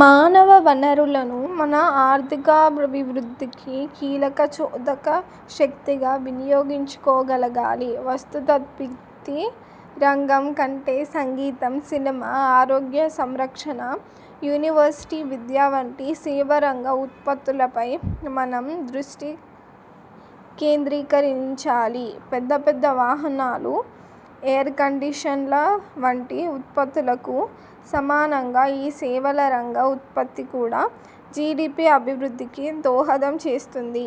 మానవ వనరులను మన ఆర్థికాభివృద్ధికి కీలక చోదక శక్తిగా వినియోగించుకోగలగాలి. వస్తూత్పత్తి రంగం కంటే సంగీతం, సినిమా, ఆరోగ్య సంరక్షణ, యూనివర్సిటీ విద్య వంటి సేవా రంగ ఉత్పత్తులపై మనం దృష్టి కేంద్రీకరించాలి. పెద్ద పెద్ద వాహనాలు, ఎయిర్ కండిషన్ల వంటి ఉత్పత్తులకు సమానంగా ఈ సేవల రంగ ఉత్పత్తి కూడా జీడీపీ అభివృద్ధికి దోహదం చేస్తుంది.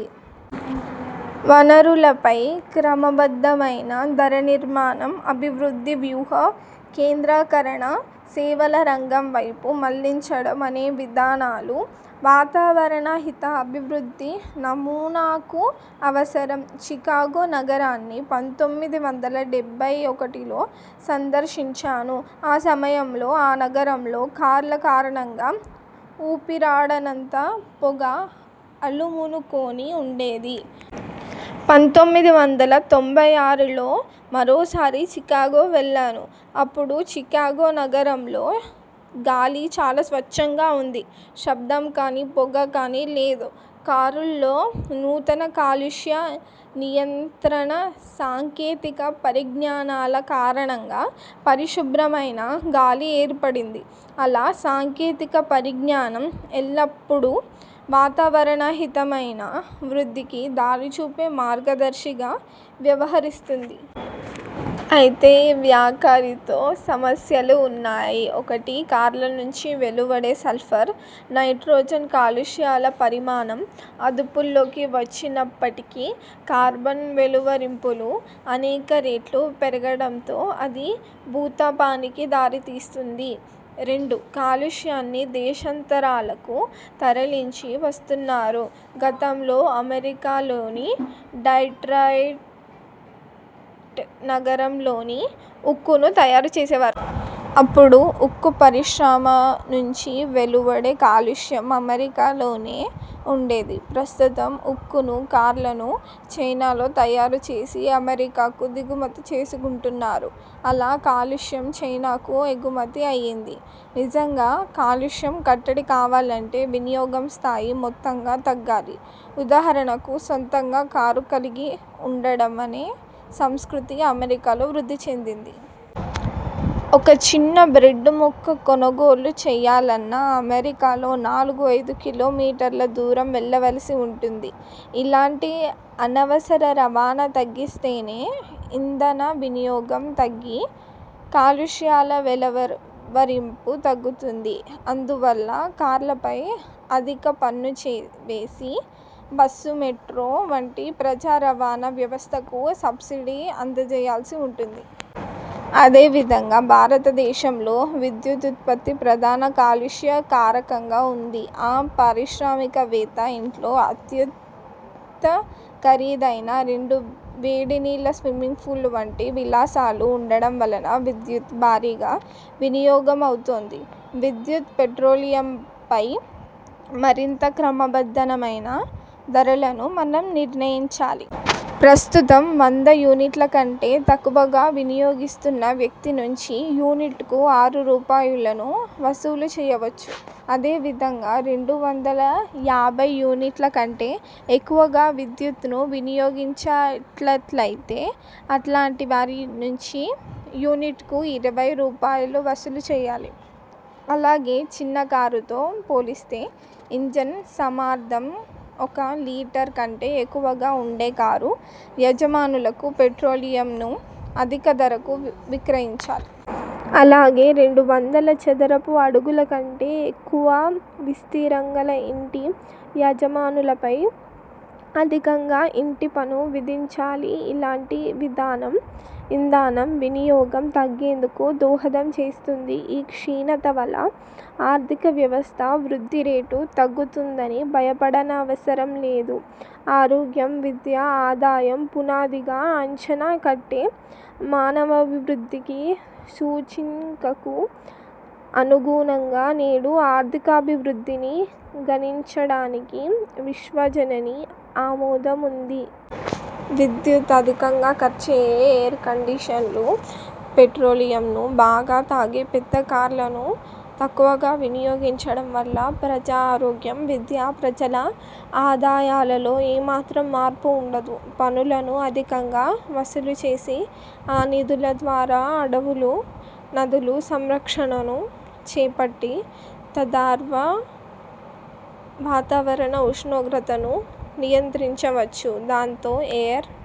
వనరులపై క్రమబద్ధమైన ధర నిర్ణయం, అభివృద్ధి వ్యూహ కేంద్రీకరణ సేవల రంగం వైపు మళ్లించడం అనే విధానాలు వాతావరణహిత అభివృద్ధి నమూనాకు అవసరం. చికాగో నగరాన్ని పంతొమ్మిది వందల డెబ్బై ఒకటిలో సందర్శించాను. ఆ సమయంలో ఆ నగరంలో కార్ల కారణంగా ఊపిరాడనంత పొగ అలుముకొని ఉండేది. పంతొమ్మిది వందల తొంభై ఆరులో మరోసారి చికాగో వెళ్ళాను. అప్పుడు చికాగో నగరంలో గాలి చాలా స్వచ్ఛంగా ఉంది. శబ్దం కానీ, పొగ కానీ లేదు. కార్లలోని నూతన కాలుష్య నియంత్రణ సాంకేతిక పరిజ్ఞానాల కారణంగా పరిశుభ్రమైన గాలి ఏర్పడింది. అలా సాంకేతిక పరిజ్ఞానం ఎల్లప్పుడూ వాతావరణహితమైన వృద్ధికి దారిచూపే మార్గదర్శిగా వ్యవహరిస్తుంది. అయితే ఈ వైఖరితో సమస్యలూ ఉన్నాయి. ఒకటి, కార్ల నుంచి వెలువడే సల్ఫర్, నైట్రోజన్ కాలుష్యాల పరిమాణం అదుపులోకి వచ్చిన్నప్పటికీ, కార్బన్ వెలువరింపులు అనేక రెట్లు పెరగడంతో అది భూతాపానికి దారితీసింది. రెండు, కాలుష్యాన్ని దేశాంతరాలకు తరలించి వేస్తున్నారు. గతంలో అమెరికాలోని డెట్రాయిట్ నగరంలోనే ఉక్కును తయారు చేసేవారు. అప్పుడు ఉక్కు పరిశ్రమ నుంచి వెలువడే కాలుష్యం అమెరికాలోనే ఉండేది. ప్రస్తుతం ఉక్కును, కార్లను చైనాలో తయారు చేసి అమెరికాకు దిగుమతి చేసుకుంటున్నారు. అలా కాలుష్యం చైనాకు ఎగుమతి అయింది. నిజంగా కాలుష్యం కట్టడి కావాలంటే వినియోగం స్థాయి మొత్తంగా తగ్గాలి. ఉదాహరణకు, సొంతంగా కారు కలిగి ఉండడమనే సంస్కృతి అమెరికాలో వృద్ధి చెందింది. ఒక చిన్న బ్రెడ్డు ముక్క కొనుగోలు చేయాలన్నా అమెరికాలో నాలుగు, ఐదు కిలోమీటర్ల దూరం వెళ్ళవలసి ఉంటుంది. ఇలాంటి అనవసర రవాణా తగ్గిస్తేనే, ఇంధన వినియోగం తగ్గి కాలుష్యాల వెలువరింపు తగ్గుతుంది. అందువల్ల కార్ల పై అధిక పన్ను వేసి, బస్సు, మెట్రో వంటి ప్రజా రవాణా వ్యవస్థకు సబ్సిడీ అందజేయాల్సి ఉంటుంది. అదే విధంగా, భారత దేశంలో విద్యుదుత్పత్తి ప్రధాన కాలుష్య కారకంగా ఉంది. ఆ పారిశ్రామిక వేత్త ఇంట్లో అత్యంత ఖరీదైన రెండు వేడి నీళ్ళ స్విమ్మింగ్ పూల్స్ వంటి విలాసాలు ఉండడం వలన విద్యుత్తు భారీగా వినియోగమవుతోంది. విద్యుత్తు, పెట్రోలియంలపై మరింత క్రమబద్ధమైన ధరలను మనం నిర్ణయించాలి. ప్రస్తుతం, వంద యూనిట్ల కంటే తక్కువగా వినయోగిస్తున్న వ్యక్తి నుంచి యూనిట్కు ఆరు రూపాయలులను వసూలు చేయవచ్చు. అదే విధంగా రెండు వందల యాభై యూనిట్ల కంటే ఎక్కువగా విద్యుత్ను వినియోగించినట్లయితే అలాంటి వారి నుంచి యూనిట్కు ఇరవై రూపాయలు వసూలు చేయాలి. అలాగే, చిన్న కార్లతో పోలిస్తే, ఇంజన్ సామర్థ్యం ఒక లీటరు కంటే ఎక్కువగా ఉండే కారు యజమానులకు పెట్రోలియంను అధిక ధరకు విక్రయించాలి. అలాగే, రెండు వందల చదరపు అడుగుల కంటే ఎక్కువ విస్తీర్ణంగల ఇంటి యజమానులపై అధికంగా ఇంటి పన్ను విధించాలి ఇలాంటి విధానం ఇంధన వినియోగం తగ్గేందుకు దోహదం చేస్తుంది. ఈ క్షీణత వల్ల ఆర్థికవ్యవస్థ వృద్ధి రేటు తగ్గుతుందని భయపడనవసరం లేదు. ఆరోగ్యం, విద్య, ఆదాయం పునాదిగా అంచనా కట్టే మానవాభివృద్ధి సూచికకు అనుగుణంగా నేడు ఆర్థికాభివృద్ధిని గణించడానికి విశ్వజనీన ఆమోదం ఉంది. విద్యుత్తు అధికంగా ఖర్చయ్యే ఎయిర్ కండిషన్లు, పెట్రోలియంను బాగా తాగే పెద్ద కార్లను తక్కువగా వినియోగించడం వల్ల ప్రజా ఆరోగ్యం, విద్య, ప్రజల ఆదాయాల్లో ఏ మాత్రం మార్పూ ఉండదు. పన్నులను అధికంగా వసూలు చేసి, ఆ నిధుల ద్వారా అడవులు, నదుల సంరక్షణను చేపట్టి, తద్వారా వాతావరణ ఉష్ణోగ్రతను నియంత్రించవచ్చు. దాంతో ఎయిర్